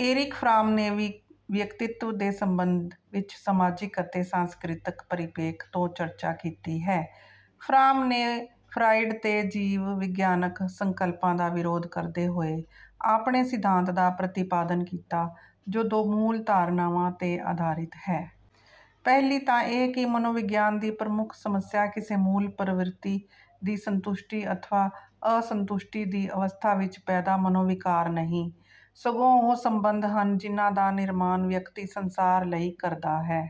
Eric from ਨੇ ਵੀ ਵਿਅਕਤਿਤਵ ਦੇ ਸੰਬੰਧ ਵਿੱਚ ਸਮਾਜਿਕ ਅਤੇ ਸਾਂਸਕ੍ਰਿਤਕ ਪਰਿਪੇਖ ਤੋਂ ਚਰਚਾ ਕੀਤੀ ਹੈ। ਫਰਾਮ ਨੇ ਫਰਾਇਡ ਦੇ ਜੀਵ ਵਿਗਿਆਨਕ ਸੰਕਲਪਾਂ ਦਾ ਵਿਰੋਧ ਕਰਦੇ ਹੋਏ ਆਪਣੇ ਸਿਧਾਂਤ ਦਾ ਪ੍ਰਤੀਪਾਦਨ ਕੀਤਾ ਜੋ ਦੋ ਮੂਲ ਧਾਰਨਾਵਾਂ ਤੇ ਆਧਾਰਿਤ ਹੈ। ਪਹਿਲੀ ਤਾਂ ਇਹ ਕਿ ਮਨੋਵਿਗਿਆਨ ਦੀ ਪ੍ਰਮੁੱਖ ਸਮੱਸਿਆ ਕਿਸੇ ਮੂਲ ਪ੍ਰਵਿਰਤੀ ਦੀ ਸੰਤੁਸ਼ਟੀ ਅਥਵਾ ਅਸੰਤੁਸ਼ਟੀ ਦੀ ਅਵਸਥਾ ਵਿੱਚ ਪੈਦਾ ਮਨੋਵਿਕਾਰ ਨਹੀਂ, ਸਗੋਂ ਉਹ ਸੰਬੰਧ ਹਨ ਜਿਨ੍ਹਾਂ ਦਾ ਨਿਰਮਾਣ ਵਿਅਕਤੀ ਸੰਸਾਰ ਲਈ ਕਰਦਾ ਹੈ।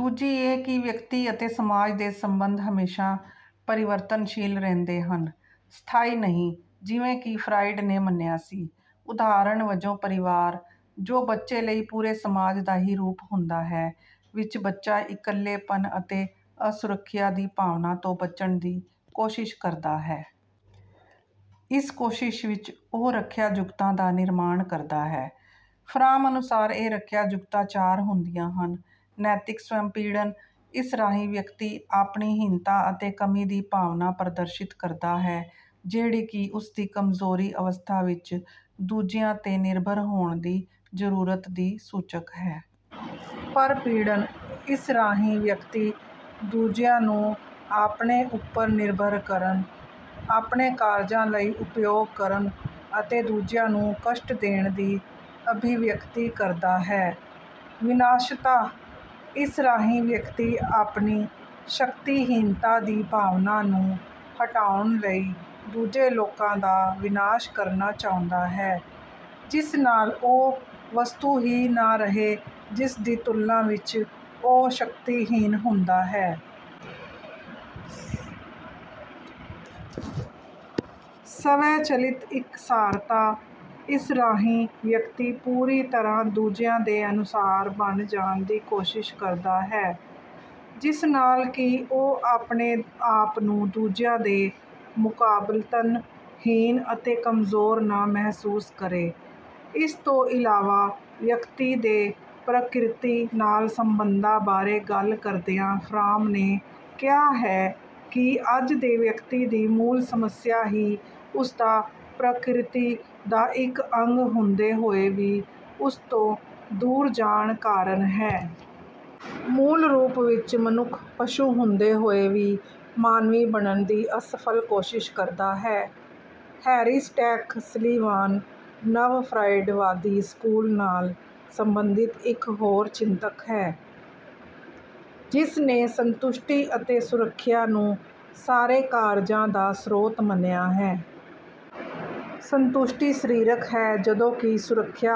ਦੂਜੀ ਇਹ ਕਿ ਵਿਅਕਤੀ ਅਤੇ ਸਮਾਜ ਦੇ ਸੰਬੰਧ ਹਮੇਸ਼ਾਂ ਪਰਿਵਰਤਨਸ਼ੀਲ ਰਹਿੰਦੇ ਹਨ, ਸਥਾਈ ਨਹੀਂ ਜਿਵੇਂ ਕਿ ਫਰਾਇਡ ਨੇ ਮੰਨਿਆ ਸੀ। ਉਦਾਹਰਣ ਵਜੋਂ ਪਰਿਵਾਰ, ਜੋ ਬੱਚੇ ਲਈ ਪੂਰੇ ਸਮਾਜ ਦਾ ਹੀ ਰੂਪ ਹੁੰਦਾ ਹੈ, ਵਿੱਚ ਬੱਚਾ ਇਕੱਲੇਪਨ ਅਤੇ ਅਸੁਰੱਖਿਆ ਦੀ ਭਾਵਨਾ ਤੋਂ ਬਚਣ ਦੀ ਕੋਸ਼ਿਸ਼ ਕਰਦਾ ਹੈ। ਇਸ ਕੋਸ਼ਿਸ਼ ਵਿੱਚ ਉਹ ਰੱਖਿਆ-ਜੁਗਤਾਂ ਦਾ ਨਿਰਮਾਣ ਕਰਦਾ ਹੈ। ਫਰਾਮ ਅਨੁਸਾਰ ਇਹ ਰੱਖਿਆ ਜੁਗਤਾਂ ਚਾਰ ਹੁੰਦੀਆਂ ਹਨ: ਨੈਤਿਕ-ਸ੍ਵੈਂਪੀੜਨ, ਇਸ ਰਾਹੀਂ ਵਿਅਕਤੀ ਆਪਣੀ ਹੀਨਤਾ ਅਤੇ ਕਮੀ ਦੀ ਭਾਵਨਾ ਪ੍ਰਦਰਸ਼ਿਤ ਕਰਦਾ ਹੈ ਜਿਹੜੀ ਕਿ ਉਸਦੀ ਕਮਜ਼ੋਰੀ ਅਵਸਥਾ ਵਿੱਚ ਦੂਜਿਆਂ ਤੇ ਨਿਰਭਰ ਹੋਣ ਦੀ ਜ਼ਰੂਰਤ ਦੀ ਸੂਚਕ ਹੈ। ਪਰਪੀੜਨ, ਇਸ ਰਾਹੀਂ ਵਿਅਕਤੀ ਦੂਜਿਆਂ ਨੂੰ ਆਪਣੇ ਉਪਰ ਨਿਰਭਰ ਕਰਨ, ਆਪਣੇ ਕਾਰਜਾਂ ਲਈ ਉਪਯੋਗ ਕਰਨ ਅਤੇ ਦੂਜਿਆਂ ਨੂੰ ਕਸ਼ਟ ਦੇਣ ਦੀ ਅਭਿਵਿਅਕਤੀ ਕਰਦਾ ਹੈ। ਵਿਨਾਸ਼ਤਾ, ਇਸ ਰਾਹੀਂ ਵਿਅਕਤੀ ਆਪਣੀ ਸ਼ਕਤੀਹੀਨਤਾ ਦੀ ਭਾਵਨਾ ਨੂੰ ਹਟਾਉਣ ਲਈ ਦੂਜੇ ਲੋਕਾਂ ਦਾ ਵਿਨਾਸ਼ ਕਰਨਾ ਚਾਹੁੰਦਾ ਹੈ ਜਿਸ ਨਾਲ ਉਹ ਵਸਤੂ ਹੀ ਨਾ ਰਹੇ ਜਿਸਦੀ ਤੁਲਨਾ ਵਿੱਚ ਉਹ ਸ਼ਕਤੀਹੀਨ ਹੁੰਦਾ ਹੈ। ਸਵੈ ਚਾਲਿਤ-ਇਕਸਾਰਤਾ, ਇਸ ਰਾਹੀਂ ਵਿਅਕਤੀ ਪੂਰੀ ਤਰ੍ਹਾਂ ਦੂਜਿਆਂ ਦੇ ਅਨੁਸਾਰ ਬਣ ਜਾਣ ਦੀ ਕੋਸ਼ਿਸ਼ ਕਰਦਾ ਹੈ ਜਿਸ ਨਾਲ ਕਿ ਉਹ ਆਪਣੇ ਆਪ ਨੂੰ ਦੂਜਿਆਂ ਦੇ ਮੁਕਾਬਲਤਨ ਹੀਨ ਅਤੇ ਕਮਜ਼ੋਰ ਨਾ ਮਹਿਸੂਸ ਕਰੇ। ਇਸ ਤੋਂ ਇਲਾਵਾ ਵਿਅਕਤੀ ਦੇ ਪ੍ਰਕਿਰਤੀ ਨਾਲ ਸੰਬੰਧਾਂ ਬਾਰੇ ਗੱਲ ਕਰਦਿਆਂ ਫਰਾਮ ਨੇ ਕਿਹਾ ਹੈ ਕਿ ਅੱਜ ਦੇ ਵਿਅਕਤੀ ਦੀ ਮੂਲ ਸਮੱਸਿਆ ਹੀ ਉਸਦਾ ਪ੍ਰਕ੍ਰਿਤੀ ਦਾ ਇੱਕ ਅੰਗ ਹੁੰਦੇ ਹੋਏ ਵੀ ਉਸਤੋਂ ਦੂਰ ਜਾਣ ਕਾਰਨ ਹੈ। ਮੂਲ ਰੂਪ ਵਿੱਚ ਮਨੁੱਖ ਪਸ਼ੂ ਹੁੰਦੇ ਹੋਏ ਵੀ ਮਾਨਵੀ ਬਣਨ ਦੀ ਅਸਫਲ ਕੋਸ਼ਿਸ਼ ਕਰਦਾ ਹੈ। ਹੈਰੀਸਟੈਕ ਸਲੀਵਾਨ ਨਵ-ਫਰਾਇਡਵਾਦੀ ਸਕੂਲ ਨਾਲ ਸੰਬੰਧਿਤ ਇੱਕ ਹੋਰ ਚਿੰਤਕ ਹੈ ਜਿਸਨੇ ਸੰਤੁਸ਼ਟੀ ਅਤੇ ਸੁਰੱਖਿਆ ਨੂੰ ਸਾਰੇ ਕਾਰਜਾਂ ਦਾ ਸ੍ਰੋਤ ਮੰਨਿਆ ਹੈ। ਸੰਤੁਸ਼ਟੀ ਸਰੀਰਕ ਹੈ ਜਦੋਂ ਕਿ ਸੁਰੱਖਿਆ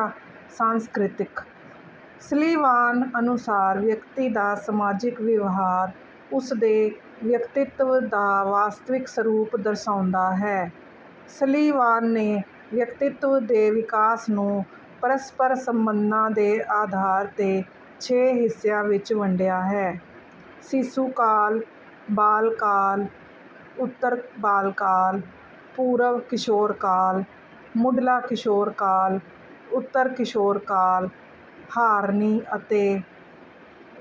ਸਾਂਸਕ੍ਰਿਤਕ। ਸਲੀਵਾਨ ਅਨੁਸਾਰ ਵਿਅਕਤੀ ਦਾ ਸਮਾਜਿਕ ਵਿਵਹਾਰ ਉਸਦੇ ਵਿਅਕਤਿਤਵ ਦਾ ਵਾਸਤਵਿਕ ਸਰੂਪ ਦਰਸਾਉਂਦਾ ਹੈ। ਸਲੀਵਾਨ ਨੇ ਵਿਅਕਤਿਤਵ ਦੇ ਵਿਕਾਸ ਨੂੰ ਪਰਸਪਰ ਸੰਬੰਧਾਂ ਦੇ ਆਧਾਰ ਤੇ ਛੇ ਹਿੱਸਿਆਂ ਵਿੱਚ ਵੰਡਿਆ ਹੈ: ਸਿਸੂ ਕਾਲ, ਬਾਲਕਾਲ, ਉੱਤਰ ਬਾਲਕਾਲ, ਪੂਰਵ ਕਿਸ਼ੋਰ ਕਾਲ, ਮੁੱਢਲਾ ਕਿਸ਼ੋਰ ਕਾਲ, ਉੱਤਰ ਕਿਸ਼ੋਰ ਕਾਲ। ਹਾਰਨੀ ਅਤੇ